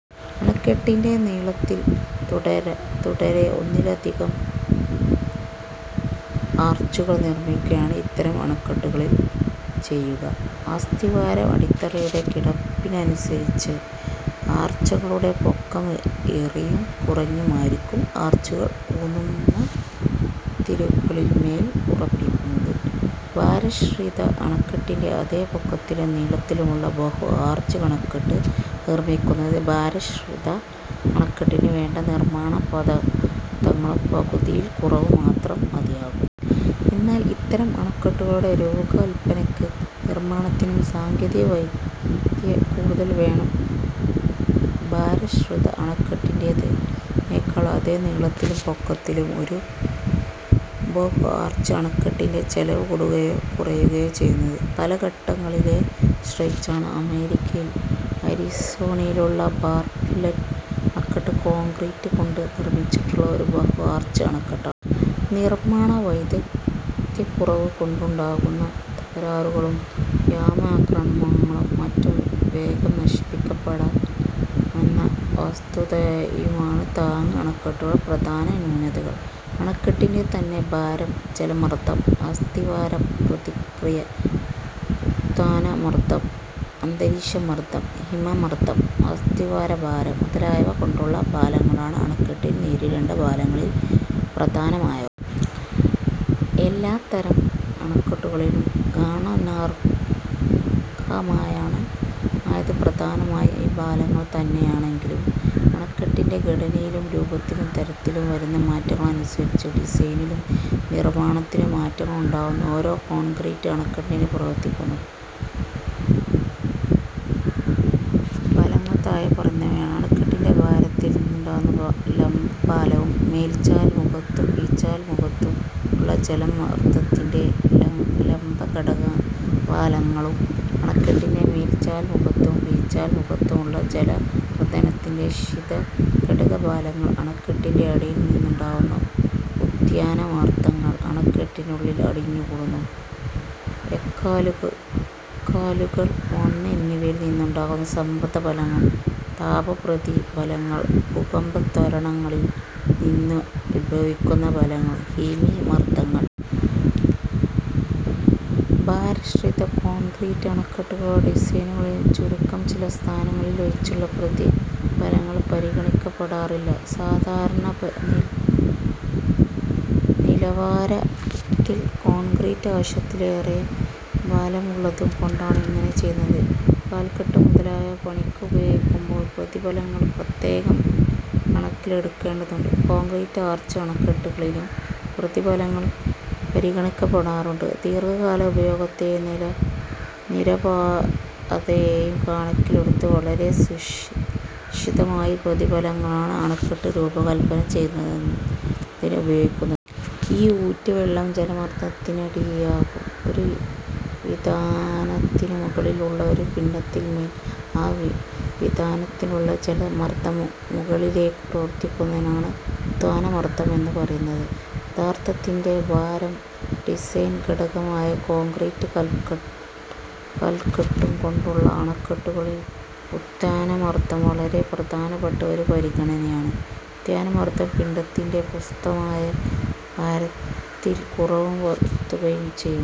അണക്കെട്ടിന്റെ നീളത്തിൽ തുടരെ ഒന്നിലധികം ആർച്ചുകൾ നിർമ്മിക്കുകയാണ് ഇത്തരം അണക്കെട്ടുകളിൽ ചെയ്യുക. അസ്തിവാര അടിത്തറയുടെ കിടപ്പിനനുസരിച്ച് ആർച്ചുകളുടെ പൊക്കം ഏറിയും കുറഞ്ഞുആയിരിക്കും. ആർച്ചുകൾ ഊന്നുമതിലുകളിൻമേൽ ഉറപ്പിക്കുന്നു. ഭാരാശ്രിത അണക്കെട്ടിന്റെ അതേ പൊക്കത്തിലും നീളത്തിലുമുള്ള ബഹു-ആർച്ച് അണക്കെട്ട് നിർമ്മിക്കുന്നതിന് ഭാരശ്രിത അണക്കെട്ടിനു വേണ്ട നിർമ്മാണ പദാർഥങ്ങൾ പകുതിയിൽ കുറവുമാത്രം മതിയാകും. എന്നാൽ ഇത്തരം അണക്കെട്ടുകളുടെ രൂപകല്പനയ്ക്കും നിർമ്മാണത്തിനും സാങ്കേതിക വൈദ്യകൂടുതൽ വേണം. ഭാരശ്രിത അണക്കെട്ടിന്റേതിനെക്കാൾ, അതേ നീളത്തിലും പൊക്കത്തിലുമുള്ള ഒരു ബഹു-ആർച്ച് അണക്കെട്ടിന്റെ ചെലവ് കൂടുകയോ കുറയുകയോ ചെയ്യുന്നത് പല ഘട്ടങ്ങളിലെ ആശ്രയിച്ചാണ്. അമേരിക്കയിൽ അരിസോണായിലുള്ള ബാർട്ട്ലറ്റ് അണക്കെട്ട് കോൺക്രീറ്റ് കൊണ്ടു നിർമ്മിച്ചിട്ടുള്ള ഒരു ബഹു-ആർച്ച് അണക്കെട്ടാണ്. നിർമ്മാണ വൈദഗ്ദ്ധ്യക്കുറവു കൊണ്ടുണ്ടാകാവുന്ന തകരാറുകളും, വ്യോമആക്രമണങ്ങളും മറ്റും വേഗം നശിപ്പിക്കപ്പെട്ടേക്കാമെന്ന വസ്തുതയുമാണ് താങ്ങ് അണക്കെട്ടുകളുടെ പ്രധാന ന്യൂനതകൾ. അണക്കെട്ടിന്റെ തന്നെ ഭാരം, ജലമർദ്ദം, അസ്തിവാര പ്രതിക്രിയ, ഉത്ഥാന മർദ്ദം, അന്തരീക്ഷ മർദ്ദം, ഹിമ മർദ്ദം, അസ്തിവാര ഭാരം മുതലായവ കൊണ്ടുള്ള ബാല ങ്ങളാണ് അണക്കെട്ടിന് നേരിടേണ്ട ബാലങ്ങളിൽ പ്രധാനമായവ. എല്ലാത്തരം അണക്കെട്ടുകളിലും ഗാനനാർഹമായാണ്പ്രധാനമായും ഈ ബാലങ്ങൾ തന്നെയാണെങ്കിലും അണക്കെട്ടിന്റെ ഘടനയിലും, രൂപത്തിലും, തരത്തിലും വരുന്ന മാറ്റങ്ങൾക്കനുസരിച്ച് ഡിസൈനിലും, നിർമ്മാണത്തിലും മാറ്റങ്ങളുണ്ടാകും. ഒരു കോൺക്രീറ്റ് അണക്കെട്ടിൽ പ്രവർത്തിക്കുന്ന ബലങ്ങൾ താഴെ പറയുന്നവയാണ്: അണക്കെട്ടിന്റെ ഭാരത്തിൽ നിന്നുണ്ടാവുന്ന ലംബ ബലവും, മേൽചാൽ മുഖത്തും കീഴ്ചാൽ മുഖത്തും ഉള്ള ജലമർദ്ദത്തിന്റെ ലംബ ഘടക ബാല ങ്ങളും; അണക്കെട്ടിന്റെ മേൽചാൽ മുഖത്തും കീഴ്ചാൽ മുഖത്തും ഉള്ള ജലമർദ്ദത്തിന്റെ ക്ഷിത ഘടക ബാലങ്ങൾ; അണക്കെട്ടിന്റെ അടിയിൽ നിന്നുണ്ടാവുന്ന ഉത്ഥാന മർദ്ദങ്ങൾ; അണക്കെട്ടിനുള്ളിൽ അടിഞ്ഞു കൂടുന്ന എക്കലുകൾ, മണ്ണ് എന്നിവയിൽ നിന്നുണ്ടാകുന്ന സമ്മർദ്ദ ബലങ്ങൾ; താപപ്രതി ബലങ്ങൾ; ഭൂകമ്പ ത്വരണങ്ങളിൽ നിന്നുദ്ഭവിക്കുന്ന ബലങ്ങൾ; ഹിമ മർദ്ദങ്ങൾ. ഭാരാശ്രിത കോൺക്രീറ്റ് അണക്കെട്ടുകളുടെ ഡിസൈനുകളിൽ ചുരുക്കം ചില സ്ഥാനങ്ങളിലൊഴിച്ചുള്ള പ്രതിബലങ്ങൾ പരിഗണിക്കപ്പെടാറില്ല. സാധാരണ നിലവാരത്തിൽ കോൺക്രീറ്റിന് ആവശ്യത്തിലേറെ ബാലമുള്ളതു കൊണ്ടാണ് ഇങ്ങനെ ചെയ്യുന്നത്. കൽക്കെട്ട് മുതലായവ പണിക്കുപയോഗിക്കുമ്പോൾ പ്രതിബലങ്ങൾ പ്രത്യേകം കണക്കിലെടുക്കേണ്ടതുണ്ട്. കോൺക്രീറ്റ് ആർച്ച് അണക്കെട്ടുകളിലും പ്രതിബലങ്ങൾ പരിഗണിക്കപ്പെടാറുണ്ട്. ദീർഘകാല ഉപയോഗത്തെയും നിരപായതയെയും കണക്കിലെടുത്ത് വളരെ സുരക്ഷിതമായ പ്രതിബലങ്ങളാണ് അണക്കെട്ട് രൂപകല്പന ചെയ്യുന്നതിന് ഉപയോഗിക്കുന്നത്. ഈ ഊറ്റു വെള്ളം ജലമർദ്ദത്തിനിടയാക്കും. ഒരു വിതാനത്തിനു മുകളിൽ ഉള്ള പിണ്ഡത്തിൻ മേൽ ആ വിതാനത്തിലുള്ള ജലമർദ്ദം മുകളിലേക്കു പ്രവർത്തിക്കുന്നതിനാണ് ഉത്ഥാന മർദം എന്നു പറയുന്നത്. പദാർഥത്തിന്റെ ഭാരം ഡിസൈൻഘടകമായ കോൺക്രീറ്റും കൽക്കെട്ടും കൊണ്ടുള്ള അണക്കെട്ടുകളിൽ ഉത്ഥാനമർദം വളരെ പ്രധാനപ്പെട്ട ഒരു പരിഗണനയാണ്. ഉത്ഥാനമർദ്ദം പിണ്ഡത്തിന്റെ പ്രസക്തമായ ഭാരത്തിൽ കുറവു വരുത്തുകയാണ് ചെയ്യുന്നത്.